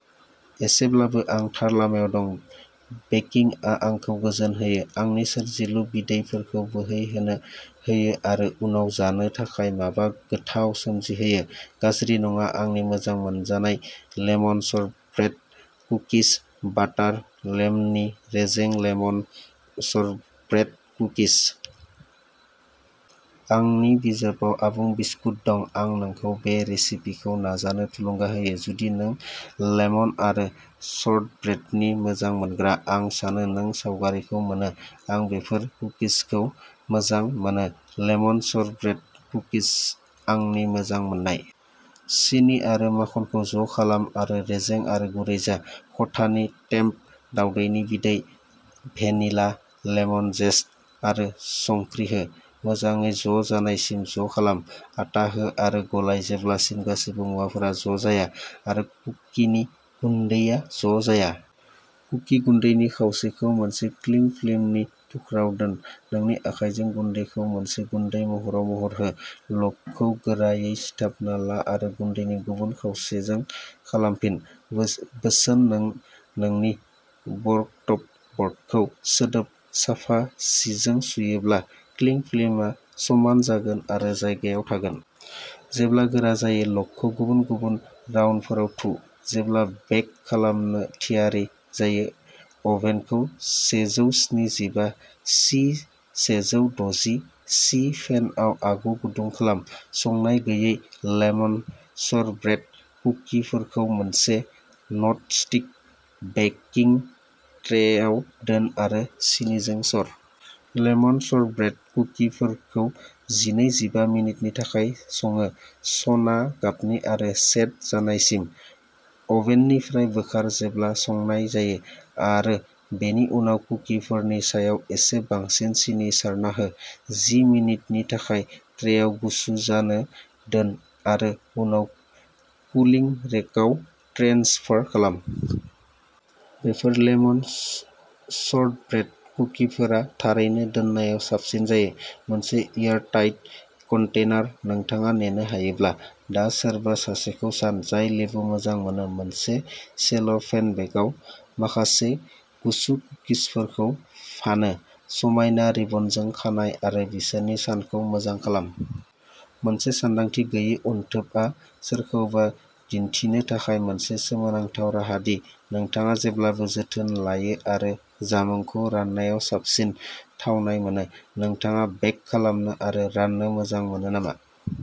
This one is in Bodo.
एसेब्लाबो आं थार लामायाव दं! बेकिंआ आंखौ गोजोन होयो, आंनि सोरजिलु बिदैफोरखौ बोहैहोनो होयो आरो उनाव जानो थाखाय माबा गोथाव सोमजिहोयो। गाज्रि नङा, आंनि मोजां मोनजानाय लेमन शर्टब्रेड कुकिज! बाटार, लेमनि, रेजें लेमन शर्टब्रेड कुकिज। आंनि बिजाबाव आबुं बिस्कुट दं। आं नोंखौ बे रेसिपिखौ नाजानो थुलुंगा होयो, जुदि नों लेमन आरो शर्टब्रेडनि मोजां मोनग्रा। आं सानो नों सावगारिखौ मोनो। आं बेफोर कुकिजखौ मोजां मोनो! लेमन शर्टब्रेड कुकिज आंनि मोजां मोननाय! सिनि आरो माखनखौ ज' खालाम आरो रेजें आरो गुरै जा। खथानि टेम्प दावदैनि बिदै, भेनिला, लेमन जेस्ट आरो संख्रि हो। मोजाङै ज' जानायसिम ज' खालाम। आटा हो आरो गलाय जेब्लासिम गासैबो मुवाफोरा ज' जाया आरो कुकिनि गुन्दैआ ज' जाया। कुकि गुन्दैनि खावसेखौ मोनसे क्लिं फिल्मनि थुख्राआव दोन। नोंनि आखाइजों गुन्दैखौ मोनसे गुन्दै महराव महर हो। लगखौ गोरायै सिथाबना ला आरो गुन्दैनि गुबुन खावसेजों खालामफिन। बोसोन नों नोंनि वर्कटप ब'र्डखौ सिदोब, साफा जिजों सुयोब्ला, क्लिं फिल्मआ समान जागोन आरो जायगायाव थागोन! जेब्ला गोरा जायो, लगखौ गुबुन गुबुन राउन्डफोराव थु। जेब्ला बेक खालामनो थियारि जायो, अभेनखौ सेजौ स्निजिबा सि सेजौ द'जि सि फेनआव आगु गुदुं खालाम। संनाय गैयै लेमन शर्टब्रेड कुकिफोरखौ मोनसे ननस्टिक बेकिं ट्रेआव दोन आरो सिनिजों सार। लेमन शर्टब्रेड कुकिफोरखौ जिनै जिबा मिनिटनि थाखाय सङो, सना गाबनि आरो सेट जानायसिम। अभेननिफ्राय बोखार, जेब्ला संनाय जायो आरो बेनि उनाव कुकिफोरनि सायाव एसे बांसिन सिनि सारना हो। जि मिनिटनि थाखाय ट्रेआव गुसु जानो दोन आरो उनाव कुलिं रेकआव ट्रेन्सफार खालाम। बेफोर लेमन शर्टब्रेड कुकिफोरा थारैनो दोननायाव साबसिन जायो, मोनसे एयारटाइट कन्टेनार, नोंथाङा नेनो हायोब्ला। दा सोरबा सासेखौ सान, जाय लेबु मोजां मोनो, मोनसे सेल' फेन बेगआव माखासे गुसु कुकिसफोरखौ फानो, समायना रिबनजों खानाय आरो बिसोरनि सानखौ मोजां खालाम! मोनसे सानदांथि गैयै अनथोबआ सोरखौबा दिन्थिनो थाखाय मोनसे सोमोनांथाव राहा दि नोंथाङा जेब्लाबो जोथोन लायो आरो जामुंखौ राननायाव साबसिन थावनाय मोनो। नोंथाङा बेक खालामनो आरो राननो मोजां मोनो नामा?